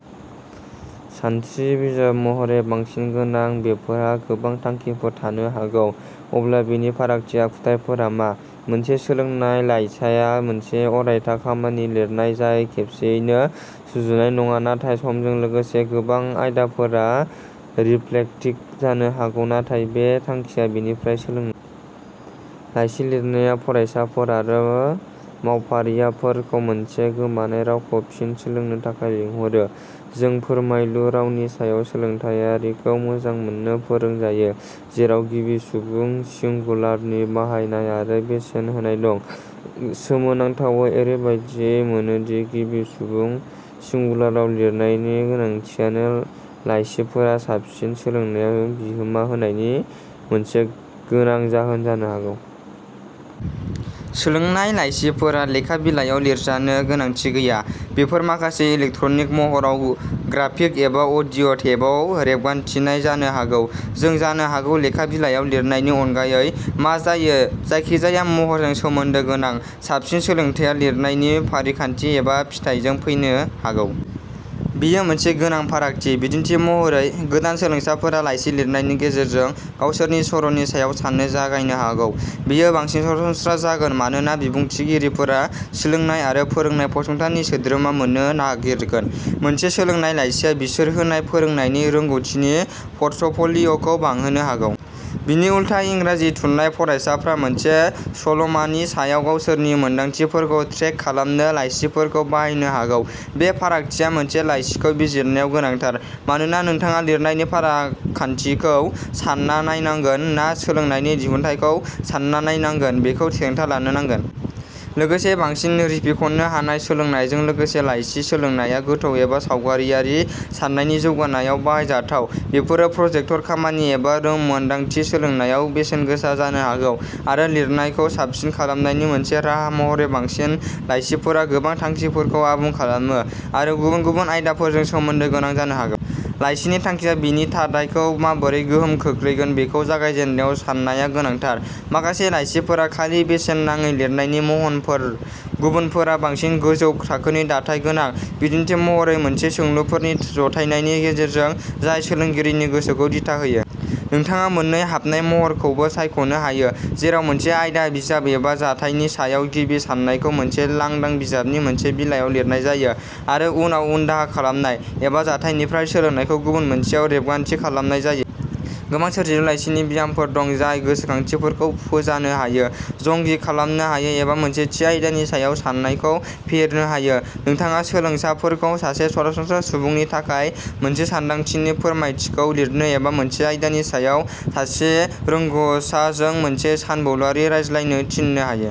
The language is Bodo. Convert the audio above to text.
सानस्रि बिजाब महरै बांसिन गोनां, बेफोरहा गोबां थांखिफोर थानो हागौ। अब्ला बेनि फारागथि आखुथायफोरा मा? मोनसे सोलोंनाय लाइसाया मोनसे अरायथा खामानि लिरनाय जाय खेबसेयैनो सुजुनाय नङा नाथाय समजों लोगोसे गोबां आयदाफोरा रिफ्लेक्टिभ जानो हागौ नाथाय बेनि थांखिया बेनिफ्राय सोलोंनाय। लाइसि लिरनाया फरायसाफोर आरो मावफारियाफोरखौ मोनसे गोमानाय रावखौ फिन सोलोंनो थाखाय लिंहरो। जों फोरमायलु रावनि सायाव सोलोंथायारिखौ मोजां मोननो फोरोंजायो, जेराव गिबि सुबुं सिंगुलारनि बाहायनाय आरो बेसेन होनाय दं। सोमोनांथावै, ओरैबायदि मोनो दि गिबि सुबुं सिंगुलाराव लिरनायनि गोनांथियानो लाइसिफोरा साबसिन सोलोंनायाव बिहोमा होनायनि मोनसे गोनां जाहोन जानो हागौ। सोलोंनाय लाइसिफोरा लेखा बिलायाव लिरजानो गोनांथि गैया। बेफोर माखासे इलेक्ट्रनिक महराव, ग्राफिक एबा अडिअ टेपआव रेबगान्थिनाय जानो हागौ। जों जानो हागौ लेखा बिलायाव लिरनायनि अनगायै, मा जायो जायखि जाया महरजों सोमोन्दो गोनां। साबसिन सोलोंथाया लिरनायनि फारिखान्थि एबा फिथायजों फैनो हागौ। बेयो मोनसे गोनां फारागथि। बिदिन्थि महरै, गोदान सोलोंसाफोरा लाइसि लिरनायनि गेजेरजों गावसोरनि सर'नि सायाव साननो जागायनो हागौ। बेयो बांसिन सरासनस्रा जागोन मानोना बिबुंथिगिरिफोरा सोलोंनाय आरो फोरोंनाय फसंथाननि सोद्रोमा मोननो नागिरगोन। मोनसे सोलोंनाय लाइसिआ बिसोर होनाय फोरोंनायनि रोंग'थिनि पर्टफ'लिय'खौ बांहोनो हागौ। बिनि उलथा, इंराजि थुनलाइ फरायसाफ्रा मोनसे सल'मानि सायाव गावसोरनि मोनदांथिफोरखौ ट्रेक खालामनो लाइसिफोरखौ बाहायनो हागौ। बे फारागथिया मोनसे लाइसिखौ बिजिरनायाव गोनांथार, मानोना नोंथाङा लिरनायनि फारिखान्थिखौ सान्ना नायनांगोन ना सोलोंनायनि दिहुनथायखौ सान्ना नायनांगोन बेखौ थिरांथा लानो नांगोन। लोगोसे बांसिन रिफिख'नो हानाय सोलोंनायजों लोगोसे, लाइसि सोलोंनाया गोथौ एबा सावरायारि साननायनि जौगानायाव बाहायजाथाव। बेफोरो प्रजेक्ट खामानि एबा रोंमोनदांथि सोलोंनायाव बेसेनगोसा जानो हागौ। आरो लिरनायखौ साबसिन खालामनायनि मोनसे राहा महरै। बांसिन लाइसिफोरा गोबां थांखिफोरखौ आबुं खालामो आरो गुबुन गुबुन आयदाफोरजों सोमोन्दो गोनां जानो हागौ। लाइसिनि थांखिया बेनि दाथायखौ माबोरै गोहोम खोख्लैगोन बेखौ जागायजेननायाव साननाया गोनांथार। माखासे लाइसिफोरा खालि बेसेन नाङै लिरनायनि बाहनफोर। गुबुनफोरा बांसिन गोजौ थाखोनि दाथाय गोनां, बिदिन्थि महरै मोनसे सोंलुफोरनि जथायनि गेजेरजों जाय सोलोंगिरिनि गोसोखौ दिथा होयो। नोंथाङा मोननै हाबनाय महरखौबो सायख'नो हायो, जेराव मोनसे आयदा, बिजाब एबा जाथायनि सायाव गिबि साननायखौ मोनसे लांदां बिजाबनि मोनसे बिलायाव लिरनाय जायो, आरो उनाव उनदाहा खालामनाय, एबा जाथायनिफ्राय सोलोंनायखौ गुबुन मोनसेयाव रेबगान्थि खालामनाय जायो। गोबां सोरजिलु लाइसिनि ब्यामफोर दं जाय गोसोखांथिफोरखौ फोजानो हायो, जगिं खालामनो हायो एबा मोनसे थि आयदानि सायाव सान्नायखौ फेहेरनो हायो। नोंथाङा सोलोंसाफोरखौ सासे सरासनस्रा सुबुंनि थाखाय मोनसे सानदांथिनि फोरमायथिखौ लिरनो एबा मोनसे आयदानि सायाव सासे रोंग'सारजों मोनसे सानबोलावरि रायज्लायनो थिननो हायो।